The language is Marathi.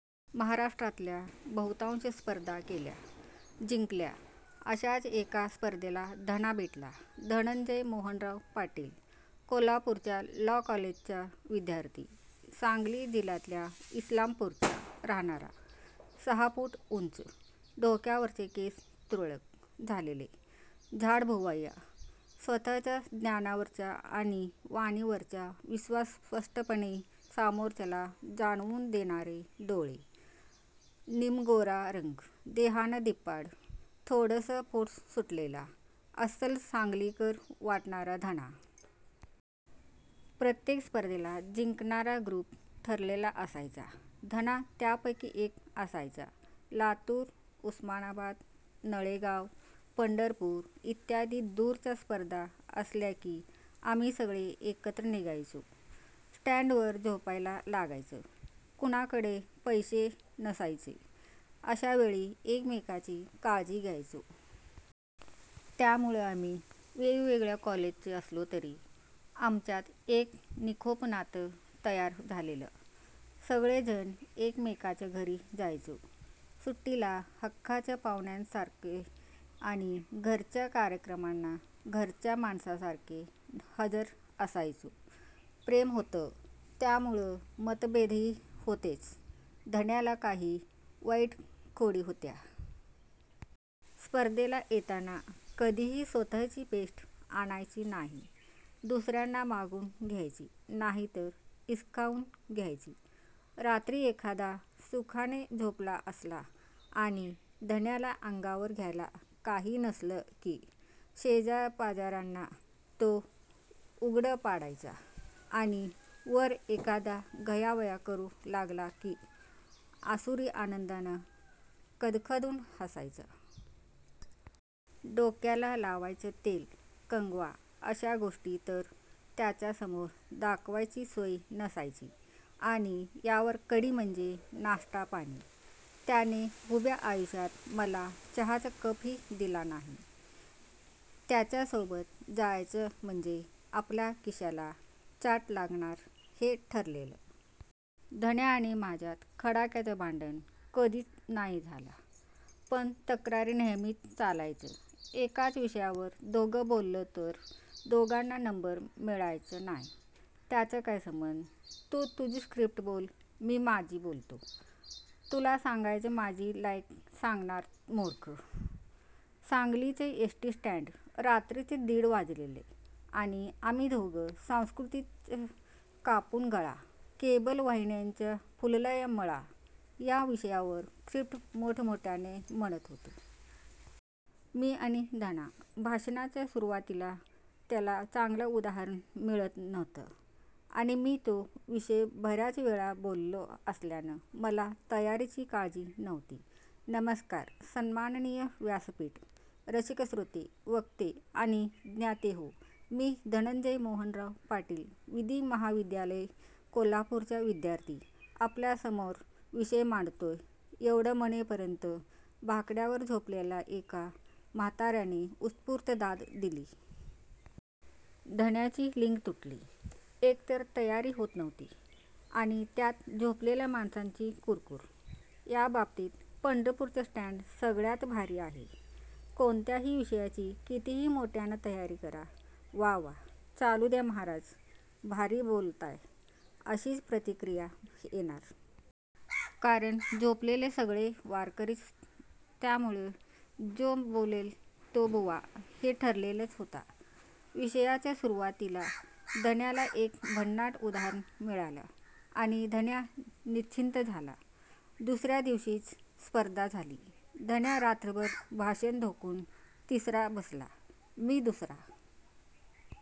महाराष्ट्रातल्या बहुतांश स्पर्धा केल्या. जिंकल्या. अशाच एका स्पर्धेला धना भेटला, धनंजय मोहनराव पाटील, कोल्हापूरच्या लॉ कॉलेजचा विध्यार्थी. सांगली जिल्ह्यातल्या इस्लामपूरचा राहणारा, सहा फूट उंच, डोक्यावरचे केस तुरळक झालेले, जाड भुवया, स्वतःच्या ज्ञानावरचा आणि वाणीवरचा विश्वास स्पष्टपणे समोरच्याला जाणवून देणारे डोळे, निमगोरा रंग, देहानं धिप्पाड, थोडसं पोट सुटलेलं, अस्सल सांगलीकर वाटणारा धना. प्रत्येक स्पर्धेला जिंकणारा ग्रूप ठरलेला असायचा, धना त्यापैकी एक असायचा. लातूर, उस्मानाबाद, नळेगाव, पंढरपूर, इ. दूरच्या स्पर्धा असल्या की आम्ही सगळे एकत्र निघायचो. स्ट्यांडवर झोपायला लागायचं. कुणाकडं पैसे नसायचे अशा वेळी एकमेकाची काळजी घ्यायचो. त्यामुळं आम्ही वेगवेगळ्या कॉलेजचे असलो तरी आमच्यात एक निकोप नातं तयार झालेलं. सगळेजण एकमेकाच्या घरी जायचो. सुट्टीला हक्काच्या पाहुण्यांसारखे आणि घरच्या कार्यक्रमांना घरच्या माणसांसारखे हजर असायचो. प्रेम होतं त्यामुळं मतभेदही होतेच. धन्याला काही वाईट खोडी होत्या. स्पर्धेला येताना कधीही स्वतःची पेस्ट आणायची नाही. दुसर्यांना मागून घ्यायची नाहितर हिसकाऊन घ्यायची. रात्री एखादा सुखाने झोपला असला आणि धन्याला अंगावर घ्यायला काही नसलं की शेजापाजर्यांना तो ऊघडं पाडायचा, आणि वर एखादा गयावया करू लागला की आसुरी आनंडानं खदखदून हसायचा. डोक्याला लावायचं तेल, कंगवा अशा गोष्टी तर त्याच्यासमोर दाखवायची सोय नसायची. आणि यावर कडी म्हणजे नाष्टा पाणी. त्याने उभ्या आयुष्यात मला चहाचा कपही दिला नाही. त्याच्यासोबत जायचं म्हणजे आपल्या खिशाला चाट लागणार हे ठरलेलं. धन्या आणि माझ्यात कडाक्याचं भांडण कधीच नाही झालं पण तक्रारी नेहमीच चालायच्या "एकाच विषयावर दोघं बोललो तर दोघांना नंबर मिळायचा नाय. " "त्याचा काय संबंध? तू तुझी स्क्रीप्ट बोल मी माझी बोलतो" "तुला सांगायच मजी ल्यका सांगणारा मुर्ख" सांगलीच एसटी स्ट्यांड, रात्रीचे दीड वाजलेले आणि आम्ही दोघं 'संस्कृतीचा कापून गळा, केबल वाहिन्यांचा फुललाय मळा' या विषयाच्या स्क्रिप्ट्स मोठमोठ्यानं म्हणत होतो. मी आणि धना. भाषणाच्या सुरूवातीला त्याला चांगलं उदाहरण मिळत नव्हतं आणि मी तो विषय बर्याच वेळा बोललो असल्यानं मला तयारीची काळजी नव्हती. "नमस्कार सन्मानणिय व्यासपीठ... रसिक श्रोते, वक्ते आणि ज्ञातेहो, मी धनंजय मोहनराव पाटील, विधी महाविद्यालय कोल्हापूरचा विध्यार्थी आपल्यासमोर विषय मंडतोय " एवढं म्हणेपर्यंत बाकड्यावर झोपलेल्या एका म्हातार्याने उत्स्फुर्त दाद दिली. धन्याची लिंक तुटली. एकतर तयारी होत नव्हती आणि त्यात झोपलेल्या माणसांची कुरकूर. याबाबतीत पंढरपूरचं स्ट्यांड सगळ्यात भारी आहे. कोणत्याही विषयाची कितीही मोठ्यानं तयारी करा "वा वा चालुद्या म्हाराज, भारी बोलताय " अशीच प्रतिक्रीया येणार. कारण झोपलेले सगळे वारकरीच त्यामुळं जो बोलेल तो बुवा हे ठरलेलच होतं. विषयाच्या सुरूवातीला धन्याला एक भन्नाट उदाहरण मिळालं आणि धन्या निश्चिंत झाला. दुसर्या दिवशीची स्पर्धा झाली.धन्या रात्रभर भाषण घोकून तिसरा बसला मी दुसरा.